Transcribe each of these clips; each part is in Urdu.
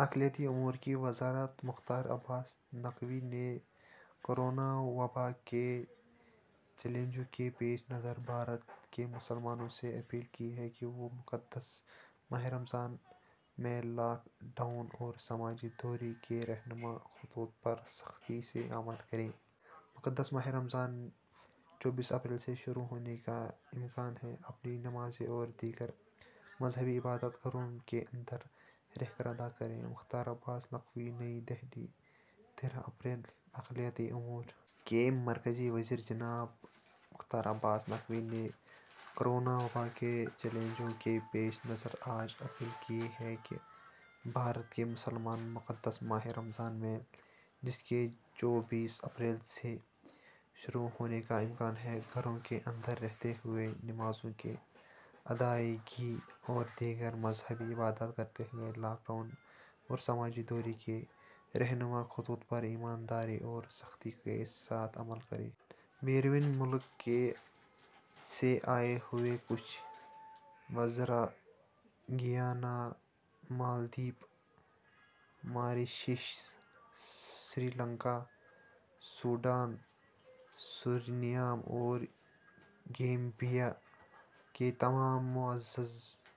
اقلیتی امور کی وزارت مختار عباس نقوی نے کورونا وبا کے چیلنجوں کے پیشِ نظر بھارت کے مسلمانوں سے اپیل کی ہے کہ وہ مقدس ماہِ رمضان میں لاک ڈاؤن اور سماجی دوری کے رہنما خطوط پر سختی سے عمل کریں۔ مقدس ماہِ رمضان چوبیس اپریل سے شروع ہونے کا امکان ہے۔ اپنی نمازیں اور دیگر مذہبی عبادات گھروں کے اندر رہ کر ادا کریں: مختار عباس نقوی نئی دہلی، تیرہ اپریل: اقلیتی امور کے مرکزی وزیر جناب مختار عباس نقوی نے کورونا وبا کے چیلنجوں کے پیشِ نظر آج اپیل کی ہے کہ بھارت کے مسلمان مقدس ماہِ رمضان میں، جس کے چوبیس اپریل سے شروع ہونے کا امکان ہے، گھروں کے اندر رہتے ہوئے نمازوں کی ادائیگی اور دیگر مذہبی عبادات کرتے ہوئے لاک ڈاؤن اور سماجی دوری کے رہنما خطوط پر ایمانداری اور سختی کے ساتھ عمل کریں۔ بیرونِ ملک سے آئے ہوئے کچھ وزراء، Guyana, Maldives, Mauritius, Sri Lanka, Sudan, Suriname اور گیمبیا کے تمام معزز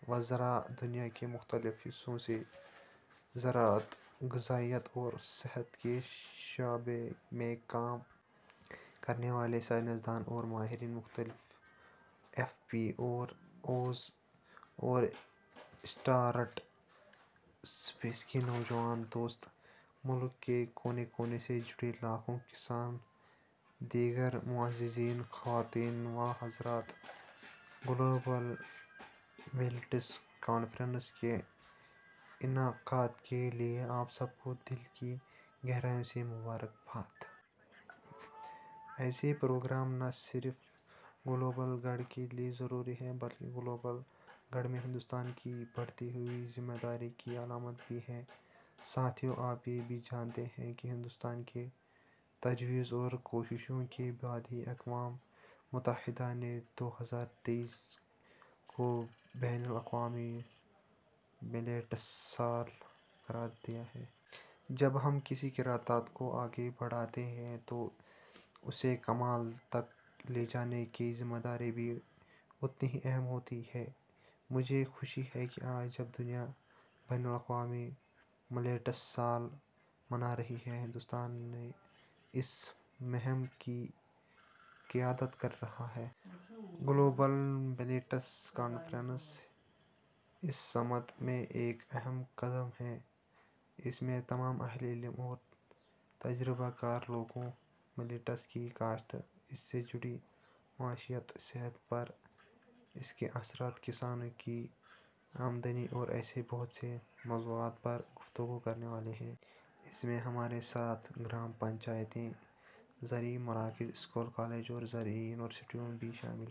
وزراء، دنیا کے مختلف حصوں سے زراعت، غذائیت اور صحت کے شعبے میں کام کرنے والے سائنس دان اور ماہرین، مختلف ایف پی اوز اور اسٹارٹ اپس کے نوجوان دوست، ملک کے کونے کونے سے جڑے لاکھوں کسان، دیگر معززین، خواتین و حضرات، 'گلوبل ملیٹس کانفرنس' کے انعقاد کے لیے آپ سب کو دل کی گہرائیوں سے مبارکباد۔ ایسے پروگرام نہ صرف گلوبل گڈ کے لیے ضروری ہیں بلکہ گلوبل گڈ میں ہندوستان کی بڑھتی ہوئی ذمہ داری کی علامت بھی ہیں۔ ساتھیو، آپ یہ بھی جانتے ہیں کہ ہندوستان کی تجویز اور کوششوں کے بعد ہی اقوام متحدہ نے دو ہزار تئیس کو 'بین الاقوامی ملیٹس سال' قرار دیا ہے۔ جب ہم کسی قرارداد کو آگے بڑھاتے ہیں تو اسے کمال تک لے جانے کی ذمہ داری بھی اتنی ہی اہم ہوتی ہے۔ مجھے خوشی ہے کہ آج جب دنیا 'بین الاقوامی ملیٹس سال' منا رہی ہے، ہندوستان اس مہم کی قیادت کر رہا ہے۔ 'گلوبل ملیٹس کانفرنس' اس سمت میں ایک اہم قدم ہے۔ اس میں تمام اہلِ علم اور تجربہ کار لوگ ملیٹس کی کاشت، اس سے جڑی معیشت، صحت پر اس کے اثرات، کسانوں کی آمدنی اور ایسے بہت سے موضوعات پر گفتگو کرنے والے ہیں۔ اس میں ہمارے ساتھ گرام پنچایتیں، زرعی مراکز، اسکول، کالج اور زرعی یونیورسٹیاں بھی شامل ہیں۔